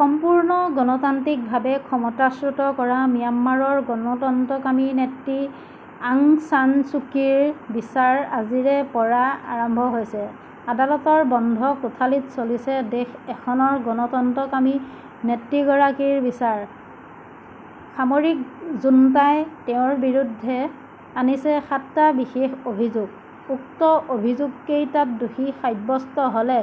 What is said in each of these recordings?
সম্পূৰ্ণ অগণতান্ত্ৰিক ভাবে ক্ষমতাচ্যুত কৰা ম্যানমাৰৰ গণতন্ত্ৰকামী নেত্ৰী আং চান চ্যুকীৰ বিচাৰ আজিৰে পৰা আৰম্ভ হৈছে। আদালতৰ বন্ধ কোঠালীত চলিছে দেশ খনৰ গণতন্ত্ৰকামী নেত্ৰীগৰাকীৰ বিচাৰ সামৰিক জুণ্টাই তেওঁৰ বিৰুদ্ধে আনিছে সাতটা বিশেষ অভিযোগ। উক্ত অভিযোগ কেইটাত দোষী সাৱস্ত্য হলে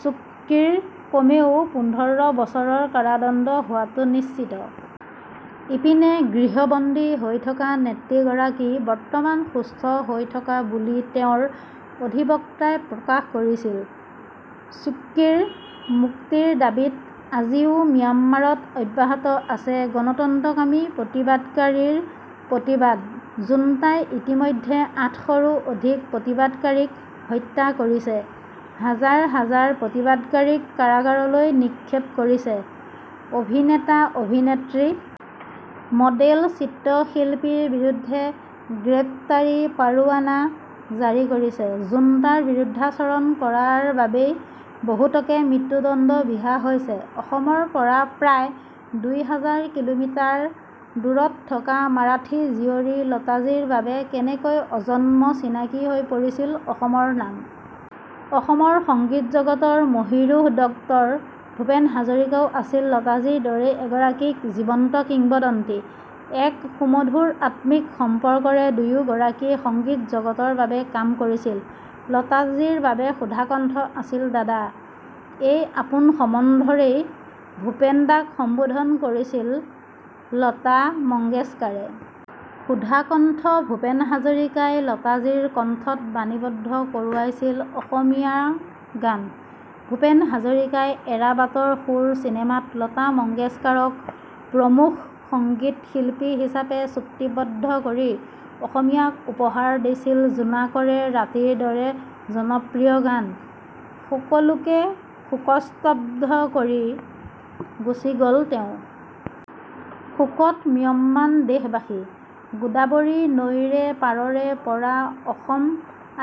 চ্যুকীৰ কমেও পোন্ধৰ বছৰৰ কাৰাদণ্ড হোৱাটো নিশ্চিত। ইপিনে গৃহবন্দী হৈ থকা নেত্ৰীগৰাকী বৰ্তমান সুস্থ হৈ থকা বুলি তেওঁৰ অধিবক্তাই প্ৰকাশ কৰিছিল। চ্যুকীৰ মুক্তিৰ দাবীত আজিও ম্যানমাৰত অব্যাহত আছে গণতন্ত্ৰকামী প্ৰতিবাদকাৰীৰ প্ৰতিবাদ জুণ্টাই ইতিমধ্যে আঠশৰো অধিক প্ৰতিবাদকাৰীক হত্যা কৰিছে। হাজাৰ হাজাৰ প্ৰতিবাদকাৰীক কাৰাগাৰলৈ নিক্ষেপ কৰিছে। অভিনেতা-অভিনেত্ৰী মডেল চিত্ৰ শিল্পীৰ বিৰুদ্ধে গ্ৰেপ্তাৰী পৰোৱানা জাৰি কৰিছে। জুণ্টাৰ বিৰুদ্ধাচৰণ কৰাৰ বাবেই বহুতকে মৃত্যুদণ্ড বিহা হৈছে । অসমৰ পৰা প্ৰায় দুই হাজাৰ কিলোমিটাৰ দূৰত থকা মাৰাঠী জীয়ৰী লতাজীৰ বাবে কেনেকৈ আজন্ম চিনাকী হৈ পৰিছিল অসমৰ নাম? অসমৰ সংগীত জগতৰ মহীৰূহ ডক্টৰ ভূপেন হাজৰিকাও আছিল লতাজীৰ দৰেই এগৰাকী জীৱন্ত কিম্বদন্তী। এক সুমধুৰ আত্মিক সম্পৰ্কৰে দুয়ো গৰাকীয়ে সংগীত জগতৰ বাবে কাম কৰিছিল। লতাজীৰ বাবে সুধাকণ্ঠ আছিল দাদা। এই আপোন সম্বন্ধৰেই ভূপেন দাক সম্বোধন কৰিছিল লতা মংগেশকাৰে। সুধাকণ্ঠ ভূপেন হাজাৰিকাই লতাজীৰ কণ্ঠত বাণীবদ্ধ কৰোৱাইছিল অসমীয়া গান। ভূপেন হাজাৰিকাই এৰা বাটৰ সুৰ চিনেমাত লতা মংগেশকাৰক প্ৰমূখ সংগীত শিল্পী হিচাপে চুক্তিবদ্ধ কৰি অসমীয়াক উপহাৰ দিছিল জোনাকৰে ৰাতিৰ দৰে জনপ্ৰিয় গান। সকলোকে শোকস্তব্দ্ধ কৰি গুচি গল তেওঁ। শোকত ম্ৰিয়মান দেশবাসী। গোদাবৰী নৈৰে পাৰৰে পৰা অসম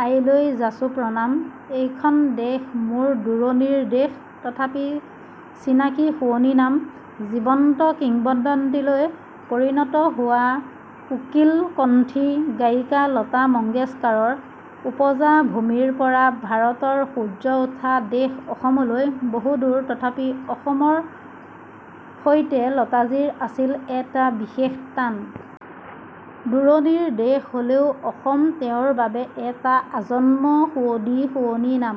আইলৈ যাচোঁ প্ৰণাম। সেইখন দেশ মোৰ দূৰণিৰ দেশ তথাপি চিনাকি শুৱনি নাম। জীৱন্ত কিম্বদন্তীলৈ পৰিণত হোৱা কোকিল কণ্ঠী গায়িকা লতা মংগেশকাৰৰ ওপজা ভূমিৰ পৰা ভাৰতৰ সূৰ্য উঠা দেশ অসমলৈ বহু দূৰ তথাপি অসমৰ সৈতে লতাজীৰ আছিল এটা বিশেষ টান। দূৰণিৰ দেশ হলেও অসম তেওঁৰ বাবে এটা আজন্ম সুৱদী শুৱনি নাম।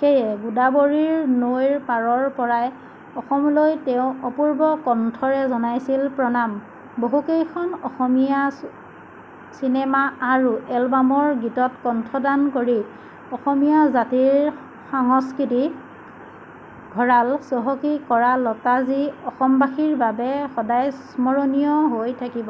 সেয়ে গোদাবৰী নৈৰ পাৰৰ পৰাই অসমলৈ তেওঁৰ অপূৰ্ব কণ্ঠেৰে জনাইছিল প্ৰণাম। বহু কেইখন অসমীয়া চিনেমা আৰু এলবামৰ গীতত কণ্ঠদান কৰি অসমীয়া জাতিৰ সাংস্কৃতিক ভঁড়াল চহকী কৰা লতাজী অসমবাসীৰ বাবে সদায়ে স্মৰণীয় হৈ থাকিব।